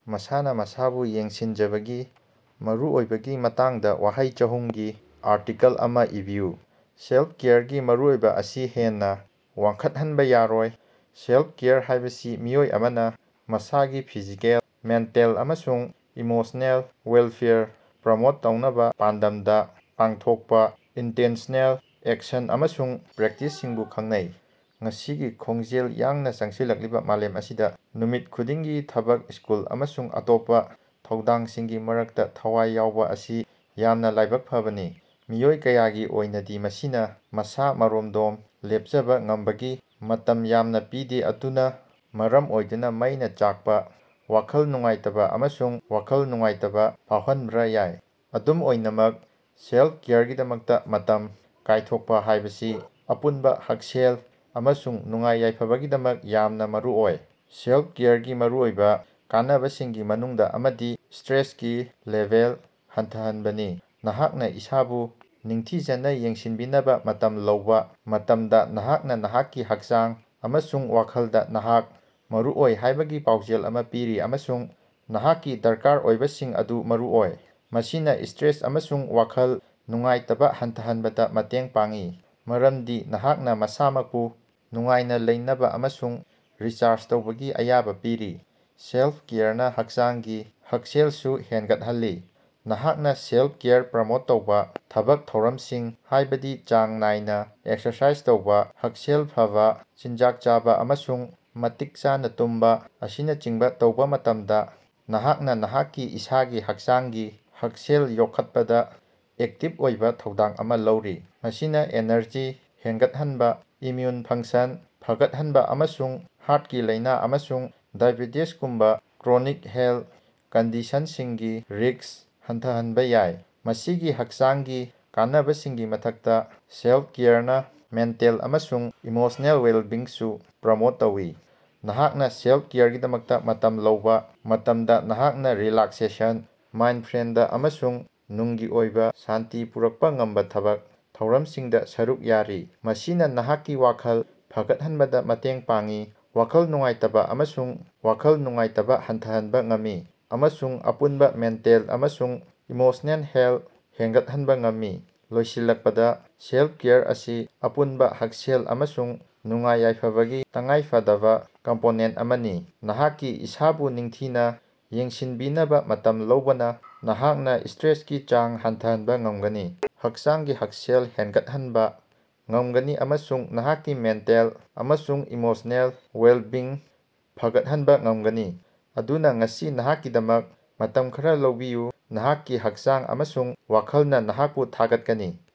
ꯃꯁꯥꯅ ꯃꯁꯥꯕꯨ ꯌꯦꯡꯁꯤꯟꯖꯕꯒꯤ ꯃꯔꯨꯑꯣꯏꯕꯒꯤ ꯃꯇꯥꯡꯗ ꯋꯥꯍꯩ ꯆꯍꯨꯝꯒꯤ ꯑꯥꯔꯇꯤꯀꯜ ꯑꯃ ꯏꯕꯤꯌꯨ꯫ ꯁꯦꯜꯐ-ꯀꯦꯌꯔꯒꯤ ꯃꯔꯨꯑꯣꯏꯕ ꯑꯁꯤ ꯍꯦꯟꯅ ꯋꯥꯡꯈꯠꯍꯟꯕ ꯌꯥꯔꯣꯏ꯫ ꯁꯦꯂꯐ-ꯀꯦꯌꯔ ꯍꯥꯏꯕꯁꯤ ꯃꯤꯑꯣꯏ ꯑꯃꯅ ꯃꯁꯥꯒꯤ ꯐꯤꯖꯤꯀꯦꯜ, ꯃꯦꯟꯇꯦꯜ ꯑꯃꯁꯨꯡ ꯏꯃꯣꯁ꯭ꯅꯦꯜ ꯋꯦꯜꯐꯦꯌꯔ ꯄ꯭ꯔꯣꯃꯣꯠ ꯇꯧꯅꯕ ꯄꯥꯟꯗꯝꯗ ꯄꯥꯡꯊꯣꯛꯄ ꯏꯟꯇꯦꯟꯁ꯭ꯅꯦꯜ ꯑꯦꯛꯁꯟ ꯑꯃꯁꯨꯡ ꯄ꯭ꯔꯦꯛꯇꯤꯁꯁꯤꯡꯕꯨ ꯈꯪꯅꯩ꯫ ꯉꯁꯤꯒꯤ ꯈꯣꯡꯖꯦꯜ ꯌꯥꯡꯅ ꯆꯪꯁꯤꯜꯂꯛꯂꯤꯕ ꯃꯥꯂꯦꯝ ꯑꯁꯤꯗ, ꯅꯨꯃꯤꯠ ꯈꯨꯗꯤꯡꯒꯤ ꯊꯕꯛ, ꯁ꯭ꯀꯨꯜ ꯑꯃꯁꯨꯡ ꯑꯇꯣꯞꯄ ꯊꯧꯗꯥꯡꯁꯤꯡꯒꯤ ꯃꯔꯛꯇ ꯊꯋꯥꯏ ꯌꯥꯎꯕ ꯑꯁꯤ ꯌꯥꯝꯅ ꯂꯥꯏꯕꯛ ꯐꯕꯅꯤ꯫ ꯃꯤꯑꯣꯏ ꯀꯌꯥꯒꯤ ꯑꯣꯏꯅꯗꯤ, ꯃꯁꯤꯅ ꯃꯁꯥ-ꯃꯔꯣꯝꯗꯣꯝ ꯂꯦꯞꯆꯕ ꯉꯝꯕꯒꯤ ꯃꯇꯝ ꯌꯥꯝꯅ ꯄꯤꯗꯦ, ꯃꯗꯨꯅ ꯃꯔꯝ ꯑꯣꯏꯗꯨꯅ ꯃꯩꯅ ꯆꯥꯛꯄ, ꯋꯥꯈꯜ ꯅꯨꯡꯉꯥꯏꯇꯕ ꯑꯃꯁꯨꯡ ꯋꯥꯈꯜ ꯅꯨꯡꯉꯥꯏꯇꯕ ꯐꯥꯎꯍꯟꯕꯥꫪ ꯌꯥꯏ꯫ ꯑꯗꯨꯝ ꯑꯣꯏꯅꯃꯛ, ꯁꯦꯜꯐ-ꯀꯦꯌꯔꯒꯤꯗꯃꯛꯇ ꯃꯇꯝ ꯀꯥꯏꯊꯣꯛꯄ ꯍꯥꯏꯕꯁꯤ ꯑꯄꯨꯟꯕ ꯍꯛꯁꯦꯜ ꯑꯃꯁꯨꯡ ꯅꯨꯡꯉꯥꯏ-ꯌꯥꯏꯐꯕꯒꯤꯗꯃꯛ ꯌꯥꯝꯅ ꯃꯔꯨꯑꯣꯏ꯫ ꯁꯦꯂꯐ-ꯀꯦꯌꯔꯒꯤ ꯃꯔꯨꯑꯣꯏꯕ ꯀꯥꯟꯅꯕꯁꯤꯡꯒꯤ ꯃꯅꯨꯡꯗ ꯑꯃꯗꯤ ꯁ꯭ꯇꯔꯦꯁꯀꯤ ꯂꯦꯚꯦꯜ ꯍꯟꯊꯍꯟꯕꯅꯤ꯫ ꯅꯍꯥꯛꯅ ꯏꯁꯥꯕꯨ ꯅꯤꯡꯊꯤꯖꯅ ꯌꯦꯡꯁꯤꯟꯕꯤꯅꯕ ꯃꯇꯝ ꯂꯧꯕ ꯃꯇꯝꯗ, ꯅꯍꯥꯛꯅ ꯅꯍꯥꯛꯀꯤ ꯍꯛꯆꯥꯡ ꯑꯃꯁꯨꯡ ꯋꯥꯈꯜꯗ ꯅꯍꯥꯛ ꯃꯔꯨꯑꯣꯏ ꯍꯥꯏꯕꯒꯤ ꯄꯥꯎꯖꯦꯜ ꯑꯃ ꯄꯤꯔꯤ, ꯑꯃꯁꯨꯡ ꯅꯍꯥꯛꯀꯤ ꯗꯔꯀꯥꯔ ꯑꯣꯏꯕꯁꯤꯡ ꯑꯗꯨ ꯃꯔꯨꯑꯣꯏ꯫ ꯃꯁꯤꯅ ꯁ꯭ꯇꯔꯦꯁ ꯑꯃꯁꯨꯡ ꯋꯥꯈꯜ ꯅꯨꯡꯉꯥꯏꯇꯕ ꯍꯟꯊꯍꯟꯕꯗ ꯃꯇꯦꯡ ꯄꯥꯡꯏ, ꯃꯔꯝꯗꯤ ꯅꯍꯥꯛꯅ ꯃꯁꯥꯃꯛꯄꯨ ꯅꯨꯡꯉꯥꯏꯅ ꯂꯩꯅꯕ ꯑꯃꯁꯨꯡ ꯔꯤꯆꯥꯔꯖ ꯇꯧꯕꯒꯤ ꯑꯌꯥꯕ ꯄꯤꯔꯤ꯫ ꯁꯦꯜꯐ-ꯀꯦꯌꯔꯅ ꯍꯛꯆꯥꯡꯒꯤ ꯍꯛꯁꯦꯜꯁꯨ ꯍꯦꯟꯒꯠꯍꯜꯂꯤ꯫ ꯅꯍꯥꯛꯅ ꯁꯦꯂꯐ-ꯀꯦꯌꯔ ꯄ꯭ꯔꯣꯃꯣꯠ ꯇꯧꯕ ꯊꯕꯛ ꯊꯧꯔꯝꯁꯤꯡ, ꯍꯥꯏꯕꯗꯤ ꯆꯥꯡ ꯅꯥꯏꯅ ꯑꯦꯛꯁꯔꯁꯥꯏꯖ ꯇꯧꯕ, ꯍꯛꯁꯦꯜ ꯐꯕꯥ ꯆꯤꯟꯖꯥꯛ ꯆꯥꯕ, ꯑꯃꯁꯨꯡ ꯃꯇꯤꯛ ꯆꯥꯅ ꯇꯨꯝꯕ ꯑꯁꯤꯅꯆꯤꯡꯕ ꯇꯧꯕ ꯃꯇꯝꯗ, ꯅꯍꯥꯛꯅ ꯅꯍꯥꯛꯀꯤ ꯏꯁꯥꯒꯤ ꯍꯛꯆꯥꯡꯒꯤ ꯍꯛꯁꯦꯜ ꯌꯣꯛꯈꯠꯄꯗ ꯑꯦꯛꯇꯤꯚ ꯑꯣꯏꯕ ꯊꯧꯗꯥꯡ ꯑꯃ ꯂꯧꯔꯤ꯫ ꯃꯁꯤꯅ ꯑꯦꯅꯔꯖꯤ ꯍꯦꯟꯒꯠꯍꯟꯕ, ꯏꯝꯃ꯭ꯌꯨꯟ ꯐꯪꯁꯟ ꯐꯒꯠꯍꯟꯕ ꯑꯃꯁꯨꯡ ꯍꯥꯔ꯭ꯠꯀꯤ ꯂꯥꯏꯅ ꯑꯃꯁꯨꯡ ꯗꯥꯏꯑꯦꯕꯦꯇꯤꯖꯒꯨꯝꯕ ꯀ꯭ꯔꯣꯅꯤꯛ ꯍꯦꯜꯊ ꯀꯟꯗꯤꯁꯟꯁꯤꯡꯒꯤ ꯔꯤꯁ꯭ꯛ ꯍꯟꯊꯍꯟꯕ ꯌꯥꯏ꯫ ꯃꯁꯤꯒꯤ ꯍꯛꯆꯥꯡꯒꯤ ꯀꯥꯟꯅꯕꯁꯤꯡꯒꯤ ꯃꯊꯛꯇ, ꯁꯦꯜꯐ-ꯀꯦꯌꯔꯅ ꯃꯦꯟꯇꯦꯜ ꯑꯃꯁꯨꯡ ꯏꯃꯣꯁ꯭ꯅꯦꯜ ꯋꯦꯜꯕꯤꯡꯁꯨ ꯄ꯭ꯔꯣꯃꯣꯠ ꯇꯧꯏ꯫ ꯅꯍꯥꯛꯅ ꯁꯦꯜꯐ-ꯀꯦꯌꯔꯒꯤꯗꯃꯛꯇ ꯃꯇꯝ ꯂꯧꯕ ꯃꯇꯝꯗ, ꯅꯍꯥꯛꯅ ꯔꯤꯂꯥꯛꯁꯦꯁꯟ, ꯃꯥꯏꯟꯗꯐ꯭ꯔꯦꯟꯗ ꯑꯃꯁꯨꯡ ꯅꯨꯡꯒꯤ ꯑꯣꯏꯕ ꯁꯥꯟꯇꯤ ꯄꯨꯔꯛꯄ‌ ꯉꯝꯕ ꯊꯕꯛ ꯊꯧꯔꯝꯁꯤꯡꯗ ꯁꯔꯨꯛ ꯌꯥꯔꯤ꯫ ꯃꯁꯤꯅ ꯅꯍꯥꯛꯀꯤ ꯋꯥꯈꯜ ꯐꯒꯠꯍꯟꯕꯗ ꯃꯇꯦꯡ ꯄꯥꯡꯏ, ꯋꯥꯈꯜ ꯅꯨꯡꯉꯥꯏꯇꯕꯥ ꯑꯃꯁꯨꯡ ꯋꯥꯈꯜ ꯅꯨꯡꯉꯥꯏꯇꯕꯥ ꯍꯟꯊꯍꯟꯕ ꯉꯝꯃꯤ ꯑꯃꯁꯨꯡ ꯑꯄꯨꯟꯕ ꯃꯦꯟꯇꯦꯜ ꯑꯃꯁꯨꯡ ꯏꯃꯣꯁ꯭ꯅꯦꯜ ꯍꯦꯜꯊ ꯍꯦꯟꯒꯠꯍꯟꯕ ꯉꯝꯃꯤ꯫ ꯂꯣꯏꯁꯤꯜꯂꯛꯄꯗ, ꯁꯦꯜꯐ-ꯀꯦꯌꯔ ꯑꯁꯤ ꯑꯄꯨꯟꯕ ꯍꯛꯁꯦꯜ ꯑꯃꯁꯨꯡ ꯅꯨꯡꯉꯥꯏ-ꯌꯥꯏꯐꯕꯒꯤ ꯇꯉꯥꯏꯐꯗꯕ ꯀꯝꯄꯣꯅꯦꯟꯇ ꯑꯃꯅꯤ꯫ ꯅꯍꯥꯛꯀꯤ ꯏꯁꯥꯕꯨ ꯅꯤꯡꯊꯤꯅ ꯌꯦꯡꯁꯤꯟꯕꯤꯅꯕ ꯃꯇꯝ ꯂꯧꯕꯅ, ꯅꯍꯥꯛꯅ ꯁ꯭ꯇꯔꯦꯁꯀꯤ ꯆꯥꯡ ꯍꯟꯊꯍꯟꯕ ꯉꯝꯒꯅꯤ, ꯍꯛꯆꯥꯡꯒꯤ ꯍꯛꯁꯦꯜ ꯍꯦꯟꯒꯠꯍꯟꯕ ꯉꯝꯒꯅꯤ ꯑꯃꯁꯨꯡ ꯅꯍꯥꯛꯀꯤ ꯃꯦꯟꯇꯦꯜ ꯑꯃꯁꯨꯡ ꯏꯃꯣꯁ꯭ꯅꯦꯜ ꯋꯦꯜꯕꯤꯡ ꯐꯒꯠꯍꯟꯕ ꯉꯝꯒꯅꯤ꯫ ꯑꯗꯨꯅ, ꯉꯁꯤ ꯅꯍꯥꯛꯀꯤꯗꯃꯛ ꯃꯇꯝ ꯈꯔꯥ ꯂꯧꯕꯤꯌꯨ – ꯅꯍꯥꯛꯀꯤ ꯍꯛꯆꯥꯡ ꯑꯃꯁꯨꯡ ꯋꯥꯈꯜꯅ ꯅꯍꯥꯛꯄꯨ ꯊꯥꯒꯠꯀꯅꯤ꯫